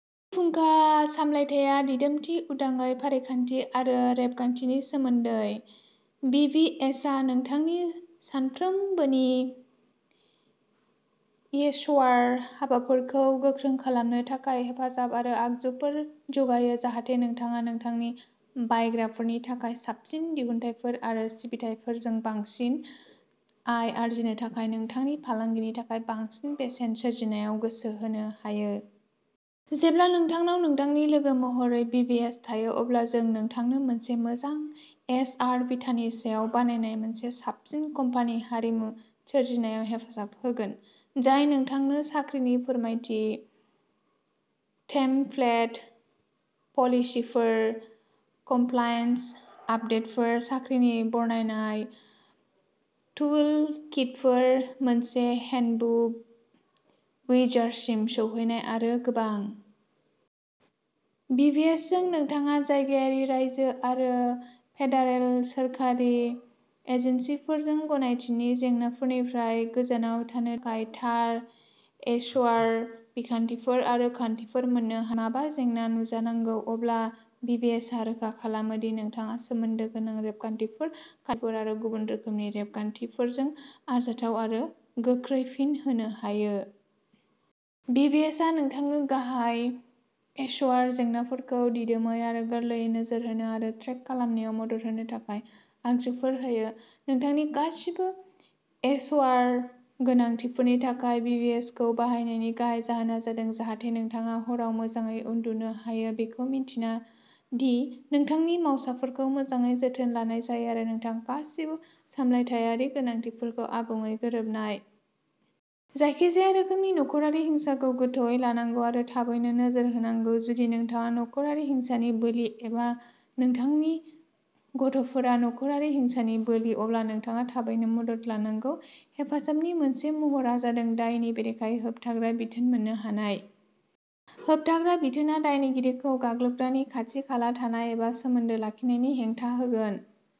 फुंखा सामलायथाया दिदोमथि, उदाङै, फारिखान्थि आरो रेबगान्थिनि सोमोन्दै। बिबिएसआ नोंथांनि सानफ्रोमबोनि एइचआर हाबाफोरखौ गोख्रों खालामनो थाखाय हेफाजाब आरो आगजुफोर जगायो जाहाथे नोंथाङा नोंथांनि बायग्राफोरनि थाखाय साबसिन दिहुनथायफोर आरो सिबिथाइफोरजों बांसिन आय आर्जिनो थाखाय नोंथांनि फालांगिनि थाखाय बांसिन बेसेन सोरजिनायाव गोसो होनो हायो। जेब्ला नोंथांनाव नोंथांनि लोगो महरै बिबिएस थायो, अब्ला जों नोंथांनो मोनसे मोजां एचआर बिथानि सायाव बानायनाय मोनसे साबसिन कम्पानि हारिमु सोरजिनायाव हेफाजाब होगोन, जाय नोंथांनो साख्रिनि फोरमायथि, टेमप्लेट पलिसिफोर, कमप्लायन्स आपदेटफोर, साख्रिनि बरनायनाय, टुलकिटफोर, मोनसे हेन्डबुक विजार्डसिम सौहैनाय आरो गोबां। बिबिएसजों, नोंथाङा जायगायारि, रायजो आरो फेडारेल सोरखारि एजेन्सिफोरजों गनायथिनि जेंनाफोरनिफ्राय गोजानाव थानो थाखाय थार एइचआर बिखान्थिफोर आरो खान्थिफोर मोननो हायो। नाथाय जुदि माबा जेंना नुजानांगौ, अब्ला बिबिएसआ रोखा खालामो दि नोंथाङा सोमोन्दो गोनां रेबगान्थिफोर, खान्थिफोर आरो गुबुन रोखोमनि रेबगान्थिफोरजों आरजाथाव आरो गोख्रै फिन होनो हायो। बिबिएसआ नोंथांनो गाहाय एइचआर जेंनाफोरखौ दिदोमै आरो गोरलैयै नोजोर होनो आरो ट्रेक खालामनायाव मदद होनो थाखाय आगजुफोर होयो। नोंथांनि गासिबो एइचआर गोनांथिफोरनि थाखाय बिबिएसखौ बाहायनायनि गाहाय जाहोना जादों जाहाथे नोंथाङा हराव मोजाङै उन्दुनो हायो, बेखौ मिन्थिना दि नोंथांनि मावसाफोरखौ मोजाङै जोथोन लानाय जायो आरो नोंथाङा गासिबो सामलायथायारि गोनांथिफोरजों आबुङै गोरोबनाय। जायखिजाया रोखोमनि नख'रारि हिंसाखौ गोथौवै लानांगौ आरो थाबैनो नोजोर होनांगौ। जुदि नोंथाङा नख'रारि हिंसानि बोलि एबा नोंथांनि गथ'फोरा नख'रारि हिंसानि बोलि, अब्ला नोंथाङा थाबैनो मदद लानांगौ। हेफाजाबनि मोनसे महरआ जादों दायनि बेरेखायै होबथाग्रा बिथोन मोन्नो हानाय। होबथाग्रा बिथोनआ दायनिगिरिखौ गाग्लोबग्रानि खाथि-खाला थानाय एबा सोमोन्दो लाखिनायनि हेंथा होगोन।